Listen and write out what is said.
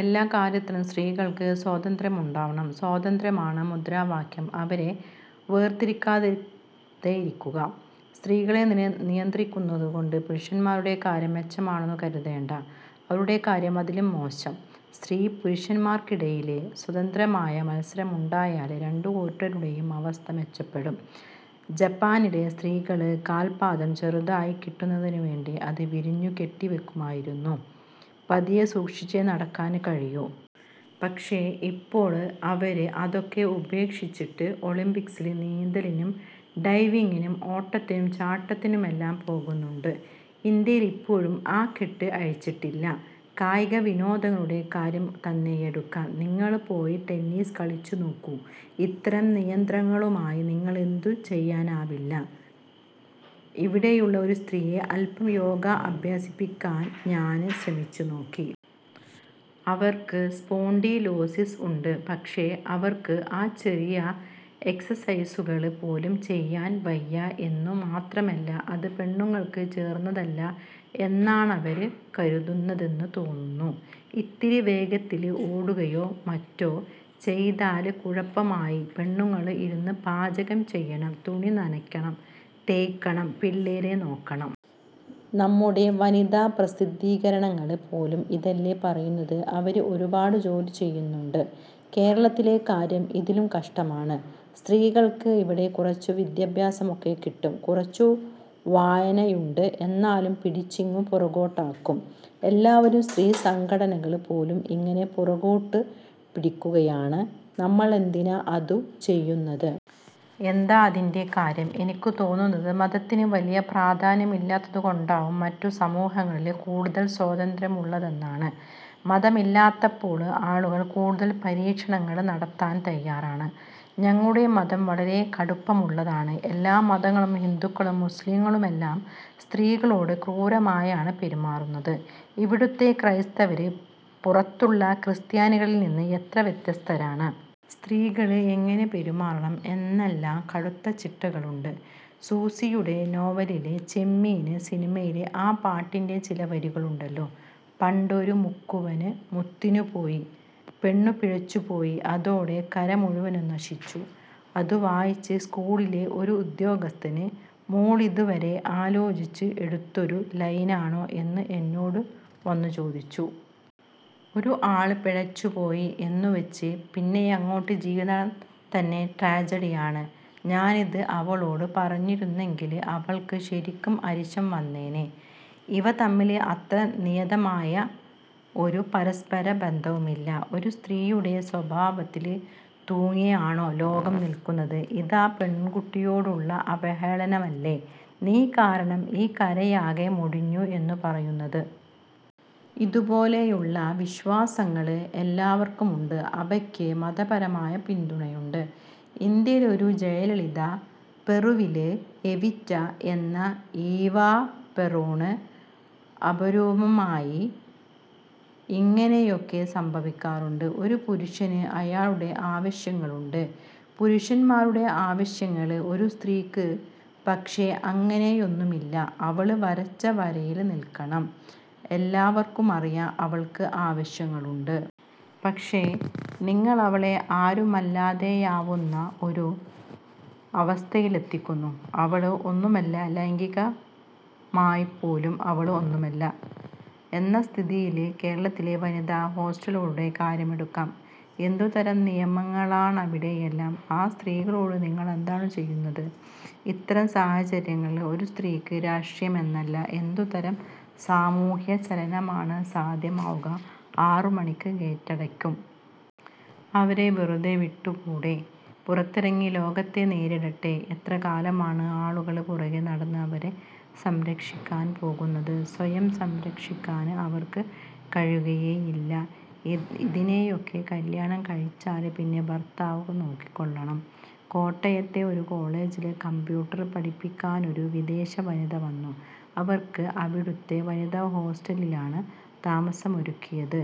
എല്ലാക്കാര്യത്തിനും സ്ത്രീകള്ക്ക് സ്വാതന്ത്ര്യമുണ്ടാവണം. 'സ്വാതന്ത്ര്യ'മാണ് മുദ്രാവാക്യം. അവരെ വേര്തിരിക്കാതെയിരിക്കുക. സ്ത്രീകളെ നിയന്ത്രിക്കുന്നതുകൊണ്ട് പുരുഷന്മാരുടെ കാര്യം മെച്ചമാണെന്നു കരുതേണ്ട. അവരുടെ കാര്യം അതിലും മോശം. സ്ത്രീ-പുരുഷന്മാര്ക്കിടയില് സ്വതന്ത്രമായ മത്സരമുണ്ടായാല് രണ്ടു കൂട്ടരുടേയും അവസ്ഥ മെച്ചപ്പെടും. ജപ്പാനില് സ്ത്രീകള് കാല്പ്പാദം ചെറുതായി കിട്ടുന്നതിനുവേണ്ടി അത് വിരിഞ്ഞുകെട്ടിവയ്ക്കുമായിരുന്നു. പതിയെ സൂക്ഷിച്ചേ നടക്കാന് കഴിയൂ. പക്ഷേ, ഇപ്പോള് അവര് അതൊക്കെ ഉപേക്ഷിച്ചിട്ട് ഒളിമ്പിക്സില് നീന്തലിനും ഡൈവിംഗിനും ഓട്ടത്തിനും ചാട്ടത്തിനുമെല്ലാം പോകുന്നുണ്ട്. ഇന്ത്യയിലിപ്പോഴും ആ കെട്ട് അഴിച്ചിട്ടില്ല. കായികവിനോദങ്ങളുടെ കാര്യം തന്നെയെടുക്കാം. നിങ്ങള് പോയി ടെന്നീസ് കളിച്ചുനോക്കൂ. ഇത്തരം നിയന്ത്രണങ്ങളുമായി നിങ്ങള്ക്കതു ചെയ്യാനാവില്ല. ഇവിടെയുള്ള ഒരു സ്ത്രീയെ അല്പം യോഗ അഭ്യസിപ്പിക്കാന് ഞാന് ശ്രമിച്ചുനോക്കി. അവര്ക്ക് സ്പോണ്ടിലോസിസ് ഉണ്ട്. പക്ഷേ, അവര്ക്ക് ആ ചെറിയ എക്സര്സൈസുകള് പോലും ചെയ്യാന് വയ്യ. എന്നു മാത്രമല്ല, അത് പെണ്ണുങ്ങള്ക്ക് ചേര്ന്നതല്ല എന്നാണവര് കരുതുന്നതെന്നും തോന്നുന്നു. ഇത്തിരി വേഗത്തില് ഓടുകയോ മറ്റോ ചെയ്താല് കുഴപ്പമായി. പെണ്ണുങ്ങള് ഇരുന്ന് പാചകം ചെയ്യണം. തുണി നനയ്ക്കണം, തേയ്ക്കണം, പിള്ളേരെ നോക്കണം. നമ്മുടെ വനിതാപ്രസിദ്ധീകരണങ്ങള് പോലും ഇതല്ലേ പറയുന്നത്. അവര് ഒരുപാട് ജോലി ചെയ്യുന്നുണ്ട്. കേരളത്തിലെ കാര്യം ഇതിലും കഷ്ടമാണ്. സ്ത്രീകള്ക്ക് ഇവിടെ കുറച്ചു വിദ്യാഭ്യാസമൊക്കെ കിട്ടും. കുറച്ചു വായനയുണ്ട്. എന്നാലും പിടിച്ചിങ്ങു പുറകോട്ടാക്കും. എല്ലാവരും സ്ത്രീ സംഘടനകള് പോലും ഇങ്ങനെ പുറകോട്ടു പിടിക്കുകയാണ്. നമ്മളെന്തിനാ അതു ചെയ്യുന്നത്? എന്താ അതിന്റെ കാര്യം? എനിക്കു തോന്നുന്നത് മതത്തിന് വലിയ പ്രാധാന്യമില്ലാത്തതുകൊണ്ടാവും മറ്റു സമൂഹങ്ങളില് കൂടുതല് സ്വാതന്ത്ര്യമുള്ളതെന്നാണ്. മതമില്ലാത്തപ്പോള് ആളുകള് കൂടുതല് പരീക്ഷണങ്ങള് നടത്താന് തയ്യാറാണ്. ഞങ്ങളുടെ മതം വളരെ കടുപ്പമുള്ളതാണ്. എല്ലാ മതങ്ങളും, ഹിന്ദുക്കളും-മുസ്ലിങ്ങളുമെല്ലാം സ്ത്രീകളോട് ക്രൂരമായാണ് പെരുമാറുന്നത്. ഇവിടുത്തെ ക്രൈസ്തവര് പുറത്തുള്ള ക്രിസ്ത്യാനികളില്നിന്ന് എത്ര വ്യത്യസ്തരാണ്? സ്ത്രീകള് എങ്ങനെ പെരുമാറണം എന്നെല്ലാം കടുത്ത ചിട്ടകളുണ്ട്. സൂസിയുടെ നോവലില് 'ചെമ്മീന്' സിനിമയിലെ ആ പാട്ടിന്റെ ചില വരികളുണ്ടല്ലോ. 'പണ്ടൊരു മുക്കുവന് മുത്തിനു പോയി... ' പെണ്ണു പിഴച്ചുപോയി. അതോടെ കര മുഴുവനും നശിച്ചു. അതു വായിച്ച് സ്കൂളിലെ ഒരു ഉദ്യോഗസ്ഥന് ''മോളിത് വളരെ ആലോചിച്ച് എടുത്തൊരു ലൈനാണോ'' എന്ന് എന്നോടു വന്നു ചോദിച്ചു. ഒരു ആള് പെഴച്ചുപോയി എന്നുവെച്ച് പിന്നെയങ്ങോട്ട് ജീവിതം തന്നെ ട്രാജഡിയാണ്. ഞാനിത് അവളോടു പറഞ്ഞിരുന്നെങ്കില് അവള്ക്ക് ശരിക്കും അരിശം വന്നേനെ. ഇവ തമ്മില് അത്ര നിയതമായ ഒരു പരസ്പര ബന്ധവുമില്ല. ഒരു സ്ത്രീയുടെ സ്വഭാവത്തില് തൂങ്ങിയാണോ ലോകം നില്ക്കുന്നത്? ഇതാ പെണ്കുട്ടിയോടുള്ള അവഹേളനമല്ലേ? നീ കാരണം ഈ കരയാകെ മുടിഞ്ഞു എന്നു പറയുന്നത്. ഇതുപോലെയുള്ള വിശ്വാസങ്ങള് എല്ലാവര്ക്കുമുണ്ട്. അവയ്ക്ക് മതപരമായ പിന്തുണയുണ്ട്. ഇന്ത്യയിലൊരു ജയലളിത, പെറുവില് 'എവിറ്റ' എന്ന ഈവാ പെറോണ് അപൂര്വമായി ഇങ്ങനെയൊക്കെ സംഭവിക്കാറുണ്ട്. ഒരു പുരുഷന് അയാളുടെ ആവശ്യങ്ങളുണ്ട്. പുരുഷന്മാരുടെ ആവശ്യങ്ങള്. ഒരു സ്ത്രീക്ക് പക്ഷേ, അങ്ങനെയൊന്നുമില്ല. അവള് വരച്ച വരയില് നില്ക്കണം. എല്ലാവര്ക്കുമറിയാം അവള്ക്ക് ആവശ്യങ്ങളുണ്ട്. പക്ഷേ, നിങ്ങളവളെ ആരുമല്ലാതെയാവുന്ന ഒരു അവസ്ഥയിലെത്തിക്കുന്നു. അവള് ഒന്നുമല്ല ലൈംഗികമായിപ്പോലും അവള് ഒന്നുമല്ല എന്ന സ്ഥിതിയില്. കേരളത്തിലെ വനിതാ ഹോസ്റ്റലുകളുടെ കാര്യമെടുക്കാം. എന്തുതരം നിയമങ്ങളാണവിടെയെല്ലാം. ആ സ്ത്രീകളോട് നിങ്ങളെന്താണു ചെയ്യുന്നത്? '. ഇത്തരം സാഹചര്യങ്ങളില് ഒരു സ്ത്രീക്ക് രാഷ്ട്രീയമെന്നല്ല, എന്തുതരം സാമൂഹ്യചലനമാണ് സാധ്യമാവുക. ആറുമണിക്ക് ഗേറ്റടയ്ക്കും! അവരെ വെറുതെ വിട്ടുകൂടേ? പുറത്തിറങ്ങി ലോകത്തെ നേരിടട്ടെ. എത്ര കാലമാണ് ആളുകള് പുറകേ നടന്ന് അവരെ സംരക്ഷിക്കാന് പോകുന്നത്! സ്വയം സംരക്ഷിക്കാന് അവര്ക്ക് കഴിയുകയേയില്ല. ഇതിനെയൊക്കെ കല്ല്യാണം കഴിച്ചാല് പിന്നെ ഭര്ത്താവ് നോക്കിക്കൊള്ളണം.! കോട്ടയത്തെ ഒരു കോളേജില് കംപ്യൂട്ടര് പഠിപ്പിക്കാനൊരു വിദേശ വനിത വന്നു. അവര്ക്ക് അവിടുത്തെ വനിതാ ഹോസ്റ്റലിലാണ് താമസമൊരുക്കിയത്.